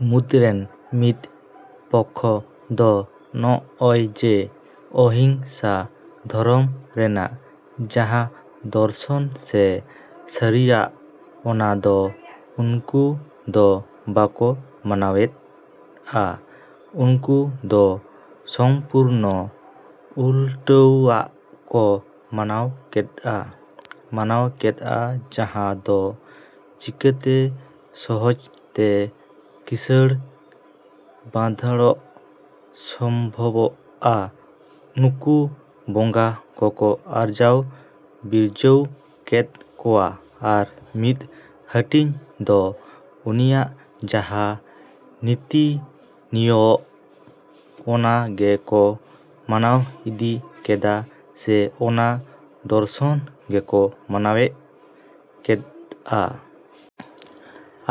ᱢᱩᱫᱽᱨᱮᱱ ᱢᱤᱫ ᱯᱚᱠᱷᱚ ᱫᱚ ᱱᱚᱜᱼᱚᱭᱡᱮ ᱚᱦᱤᱝᱥᱟ ᱫᱷᱚᱨᱚᱢ ᱨᱮᱱᱟᱜ ᱡᱟᱦᱟᱸ ᱫᱚᱨᱥᱚᱱ ᱥᱮ ᱥᱟᱹᱨᱤᱭᱟᱜ ᱚᱱᱟ ᱫᱚ ᱩᱱᱠᱩ ᱫᱚ ᱵᱟᱠᱚ ᱢᱟᱱᱟᱣᱮᱫᱼᱟ᱾ ᱩᱱᱠᱩ ᱫᱚ ᱥᱚᱢᱯᱩᱨᱱᱚ ᱩᱞᱴᱟᱹᱣᱟᱜ ᱠᱚ ᱢᱟᱱᱟᱣ ᱠᱮᱫᱼᱟ, ᱢᱟᱱᱟᱣ ᱠᱮᱫᱼᱟ ᱡᱟᱦᱟᱸ ᱫᱚ ᱪᱤᱠᱟᱹᱛᱮ ᱥᱚᱦᱚᱡᱽ ᱛᱮ ᱠᱤᱸᱥᱟᱹᱬ ᱵᱟᱸᱫᱷᱟᱲᱚᱜ ᱥᱚᱢᱵᱷᱚᱵᱚᱜᱼᱟ ᱱᱩᱠᱩ ᱵᱚᱸᱜᱟ ᱠᱚᱠᱚ ᱟᱨᱡᱟᱣ ᱵᱤᱨᱡᱟᱹᱣ ᱠᱮᱫ ᱠᱚᱣᱟ ᱟᱨ ᱢᱤᱫ ᱦᱟᱹᱴᱤᱧ ᱫᱚ ᱩᱱᱤᱭᱟᱜ ᱡᱟᱦᱟᱸ ᱱᱤᱛᱤ ᱱᱤᱭᱚᱢ ᱚᱱᱟᱜᱮᱠᱚ ᱢᱟᱱᱟᱣ ᱤᱫᱤ ᱠᱮᱫᱟ ᱥᱮ ᱚᱱᱟ ᱫᱚᱨᱥᱚᱱ ᱜᱮᱠᱚ ᱢᱟᱱᱟᱣ ᱠᱮᱫᱼᱟ᱾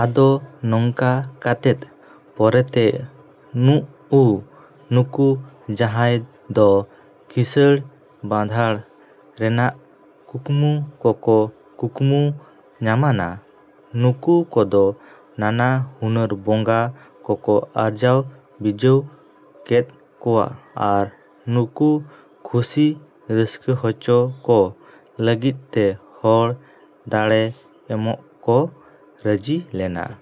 ᱟᱫᱚ ᱱᱚᱝᱠᱟ ᱠᱟᱛᱮᱫ ᱯᱚᱨᱮᱛᱮ ᱱᱩᱜᱼᱩ ᱱᱩᱠᱩ ᱡᱟᱦᱟᱸᱭ ᱫᱚ ᱠᱤᱸᱥᱟᱹᱬ ᱵᱟᱸᱫᱷᱟᱲ ᱨᱮᱱᱟᱜ ᱠᱩᱠᱢᱩ ᱠᱚᱠᱚ ᱠᱩᱠᱢᱩ ᱧᱟᱢᱟᱱᱟ ᱱᱩᱠᱩ ᱠᱚᱫᱚ ᱱᱟᱱᱟ ᱦᱩᱱᱟᱹᱨ ᱵᱚᱸᱜᱟ ᱠᱚᱠᱚ ᱟᱨᱡᱟᱣ ᱵᱤᱨᱡᱟᱹᱣ ᱠᱮᱫ ᱠᱚᱣᱟ ᱟᱨ ᱱᱩᱠᱩ ᱠᱷᱩᱥᱤ ᱨᱟᱹᱥᱠᱟᱹ ᱦᱚᱪᱚ ᱠᱚ ᱞᱟᱹᱜᱤᱫ ᱛᱮ ᱦᱚᱲ ᱫᱟᱬᱮ ᱮᱢᱚᱜ ᱠᱚ ᱨᱟᱡᱤᱞᱮᱱᱟ᱾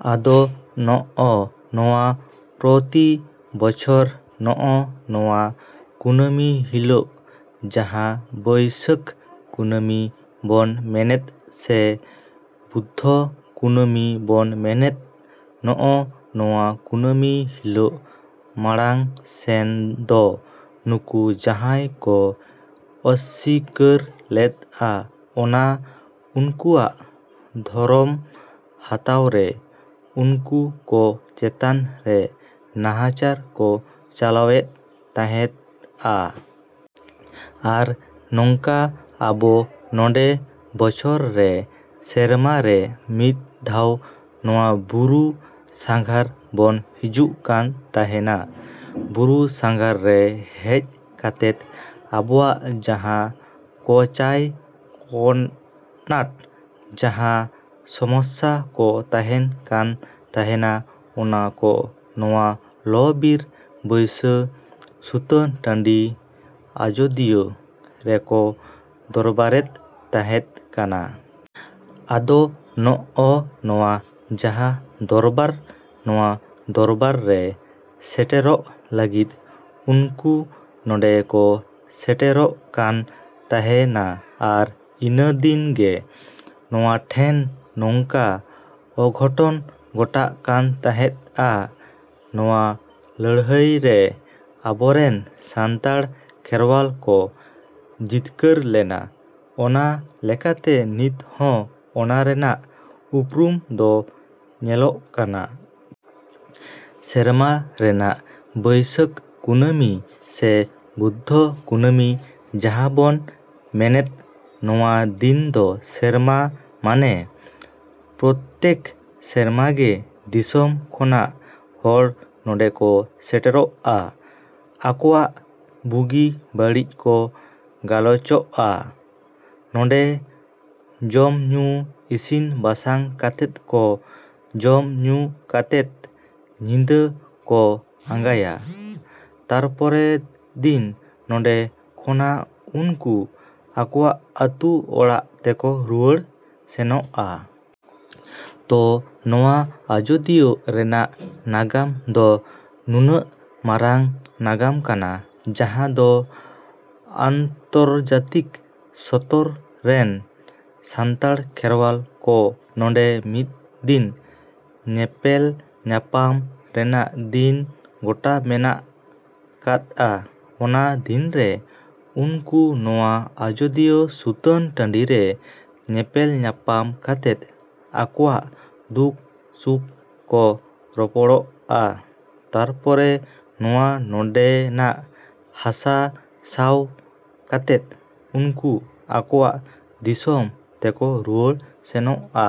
ᱟᱫᱚ ᱱᱚᱜᱼᱚ ᱱᱚᱣᱟ ᱯᱨᱚᱛᱤ ᱵᱚᱪᱷᱚᱨ ᱱᱚᱜᱼᱚ ᱱᱚᱣᱟ ᱠᱩᱱᱟᱹᱢᱤ ᱦᱤᱞᱳᱜ ᱡᱟᱦᱟᱸ ᱵᱟᱹᱭᱥᱟᱹᱠᱷ ᱠᱩᱱᱟᱹᱢᱤ ᱵᱚᱱ ᱢᱮᱱᱮᱫ ᱥᱮ ᱵᱩᱫᱽᱫᱷᱚ ᱠᱩᱱᱟᱹᱢᱤ ᱵᱚᱱ ᱢᱮᱱᱮᱫ ᱱᱚᱜᱼᱚ ᱱᱚᱣᱟ ᱠᱩᱱᱟᱹᱢᱤ ᱦᱤᱞᱳᱜ ᱢᱟᱲᱟᱝ ᱥᱮᱱ ᱫᱚ ᱱᱩᱠᱩ ᱡᱟᱦᱟᱸᱭ ᱠᱚ ᱚᱥᱥᱤᱠᱟᱹᱨ ᱞᱮᱫᱼᱟ ᱚᱱᱟ ᱩᱱᱠᱩᱣᱟᱜ ᱫᱷᱚᱨᱚᱢ ᱦᱟᱛᱟᱣᱨᱮ ᱩᱱᱠᱩ ᱠᱚ ᱪᱮᱛᱟᱱ ᱨᱮ ᱱᱟᱦᱟᱪᱟᱨ ᱠᱚ ᱪᱟᱞᱟᱣᱮᱫ ᱛᱟᱦᱮᱸᱫᱼᱟ᱾ ᱟᱨ ᱱᱚᱝᱠᱟ ᱟᱵᱚ ᱱᱚᱰᱮ ᱵᱚᱪᱷᱚᱨ ᱨᱮ ᱥᱮᱨᱢᱟ ᱨᱮ ᱢᱤᱫ ᱫᱷᱟᱣ ᱱᱚᱣᱟ ᱵᱩᱨᱩ ᱥᱟᱸᱜᱷᱟᱨ ᱵᱚᱱ ᱦᱤᱡᱩᱜ ᱠᱟᱱ ᱛᱟᱦᱮᱱᱟ᱾ ᱵᱩᱨᱩ ᱥᱟᱸᱜᱷᱟᱨ ᱨᱮ ᱦᱮᱡ ᱠᱟᱛᱮᱫ ᱟᱵᱚᱣᱟᱜ ᱡᱟᱦᱟᱸ ᱠᱚᱪᱟᱭ ᱠᱚᱱᱟᱴ ᱡᱟᱦᱟᱸ ᱥᱚᱢᱚᱥᱥᱟ ᱠᱚ ᱛᱟᱦᱮᱱ ᱠᱟᱱ ᱛᱟᱦᱮᱱᱟ ᱚᱱᱟ ᱠᱚ ᱱᱚᱣᱟ ᱞᱚᱼᱵᱤᱨ ᱵᱟᱹᱭᱥᱤ ᱥᱩᱛᱟᱹᱱ ᱴᱟᱺᱰᱤ ᱟᱡᱚᱫᱤᱭᱟᱹ ᱨᱮᱠᱚ ᱫᱚᱨᱵᱟᱨᱮᱫ ᱛᱟᱦᱮᱸᱫ ᱠᱟᱱᱟ᱾ ᱟᱫᱚ ᱱᱚᱜᱼᱚ ᱱᱚᱣᱟ ᱡᱟᱦᱟᱸ ᱫᱚᱨᱵᱟᱨ ᱱᱚᱣᱟ ᱫᱚᱨᱵᱟᱨ ᱨᱮ ᱥᱮᱴᱮᱨᱚᱜ ᱞᱟᱹᱜᱤᱫ ᱩᱱᱠᱩ ᱱᱚᱰᱮᱠᱚ ᱥᱮᱴᱮᱨᱚᱜ ᱠᱟᱱ ᱛᱟᱦᱮᱸᱱᱟ ᱟᱨ ᱤᱱᱟᱹᱫᱤᱱ ᱜᱮ ᱱᱚᱣᱟᱴᱷᱮᱱ ᱱᱚᱝᱠᱟ ᱚᱜᱷᱚᱴᱚᱱ ᱜᱷᱚᱴᱟᱜ ᱠᱟᱱ ᱛᱟᱦᱮᱸᱫᱼᱟ᱾ ᱱᱚᱣᱟ ᱞᱟᱹᱲᱦᱟᱹᱭᱨᱮ ᱟᱵᱚᱨᱮᱱ ᱥᱟᱱᱛᱟᱲ ᱠᱷᱮᱨᱣᱟᱞ ᱠᱚ ᱡᱤᱛᱠᱟᱹᱨ ᱞᱮᱱᱟ᱾ ᱚᱱᱟ ᱞᱮᱠᱟᱛᱮ ᱱᱤᱛ ᱦᱚᱸ ᱚᱱᱟᱨᱮᱱᱟᱜ ᱩᱯᱨᱩᱢ ᱫᱚ ᱧᱮᱞᱚᱜ ᱠᱟᱱᱟ᱾ ᱥᱮᱨᱢᱟ ᱨᱮᱱᱟᱜ ᱵᱟᱹᱭᱥᱟᱹᱠᱷ ᱠᱩᱱᱟᱹᱢᱤ ᱥᱮ ᱵᱩᱫᱽᱫᱷᱚ ᱠᱩᱱᱟᱹᱢᱤ ᱡᱟᱦᱟᱸ ᱵᱚᱱ ᱢᱮᱱᱮᱫ ᱱᱚᱣᱟ ᱫᱤᱱ ᱫᱚ ᱥᱮᱨᱢᱟ ᱢᱟᱱᱮ ᱯᱨᱚᱛᱛᱮᱠ ᱥᱮᱨᱢᱟᱜᱮ ᱫᱤᱥᱚᱢ ᱠᱷᱚᱱᱟᱜ ᱦᱚᱲ ᱱᱚᱰᱮᱠᱚ ᱥᱮᱴᱮᱨᱚᱜᱼᱟ᱾ ᱟᱠᱚᱣᱟᱜ ᱵᱩᱜᱤ ᱵᱟᱹᱲᱤᱡ ᱠᱚ ᱜᱟᱞᱚᱪᱚᱜᱼᱟ᱾ ᱱᱚᱰᱮ ᱡᱚᱢᱼᱧᱩ ᱤᱥᱤᱱ ᱵᱟᱥᱟᱝ ᱠᱟᱛᱮᱫ ᱠᱚ ᱡᱚᱢᱼᱧᱩ ᱠᱟᱛᱮᱫ ᱧᱤᱫᱟᱹ ᱠᱚ ᱟᱸᱜᱟᱭᱟ ᱛᱟᱨᱯᱚᱨᱮᱫ ᱫᱤᱱ ᱱᱚᱰᱮ ᱠᱷᱚᱱᱟᱜ ᱩᱱᱠᱩ ᱟᱠᱚᱣᱟᱜ ᱟᱹᱛᱩ ᱚᱲᱟᱜ ᱛᱮᱠᱚ ᱨᱩᱣᱟᱹᱲ ᱥᱮᱱᱚᱜᱼᱟ᱾ ᱛᱚ ᱱᱚᱣᱟ ᱟᱡᱚᱫᱤᱭᱟᱹ ᱨᱮᱱᱟᱜ ᱱᱟᱜᱟᱢ ᱫᱚ ᱱᱩᱱᱟᱹᱜ ᱢᱟᱨᱟᱝ ᱱᱟᱜᱟᱢ ᱠᱟᱱᱟ ᱡᱟᱦᱟᱸ ᱫᱚ ᱟᱱᱛᱚᱨᱡᱟᱛᱤᱠ ᱥᱛᱚᱨ ᱨᱮᱱ ᱥᱟᱱᱛᱟᱲ ᱠᱷᱮᱨᱣᱟᱞ ᱠᱚ ᱱᱚᱰᱮ ᱢᱤᱫ ᱫᱤᱱ ᱧᱮᱯᱮᱞ ᱧᱟᱯᱟᱢ ᱨᱮᱱᱟᱜ ᱫᱤᱱ ᱜᱚᱴᱟ ᱢᱮᱱᱟᱜ ᱠᱟᱫᱼᱟ᱾ ᱚᱱᱟ ᱫᱤᱱᱨᱮ ᱩᱱᱠᱩ ᱱᱚᱣᱟ ᱟᱡᱚᱫᱤᱭᱟᱹ ᱥᱩᱛᱟᱹᱱ ᱴᱟᱺᱰᱤᱨᱮ ᱧᱮᱯᱮᱞ ᱧᱟᱯᱟᱢ ᱠᱟᱛᱮᱫ ᱟᱠᱚᱣᱟᱜ ᱫᱩᱠ ᱥᱩᱠ ᱠᱚ ᱨᱚᱯᱚᱲᱚᱜᱼᱟ ᱛᱟᱨᱯᱚᱨᱮ ᱱᱚᱣᱟ ᱱᱚᱰᱮᱱᱟᱜ ᱦᱟᱥᱟ ᱥᱟᱶ ᱠᱟᱛᱮᱫ ᱩᱱᱠᱩ ᱟᱠᱚᱣᱟᱜ ᱫᱤᱥᱚᱢ ᱛᱮᱠᱚ ᱨᱩᱣᱟᱹᱲ ᱥᱮᱱᱚᱜᱼᱟ᱾।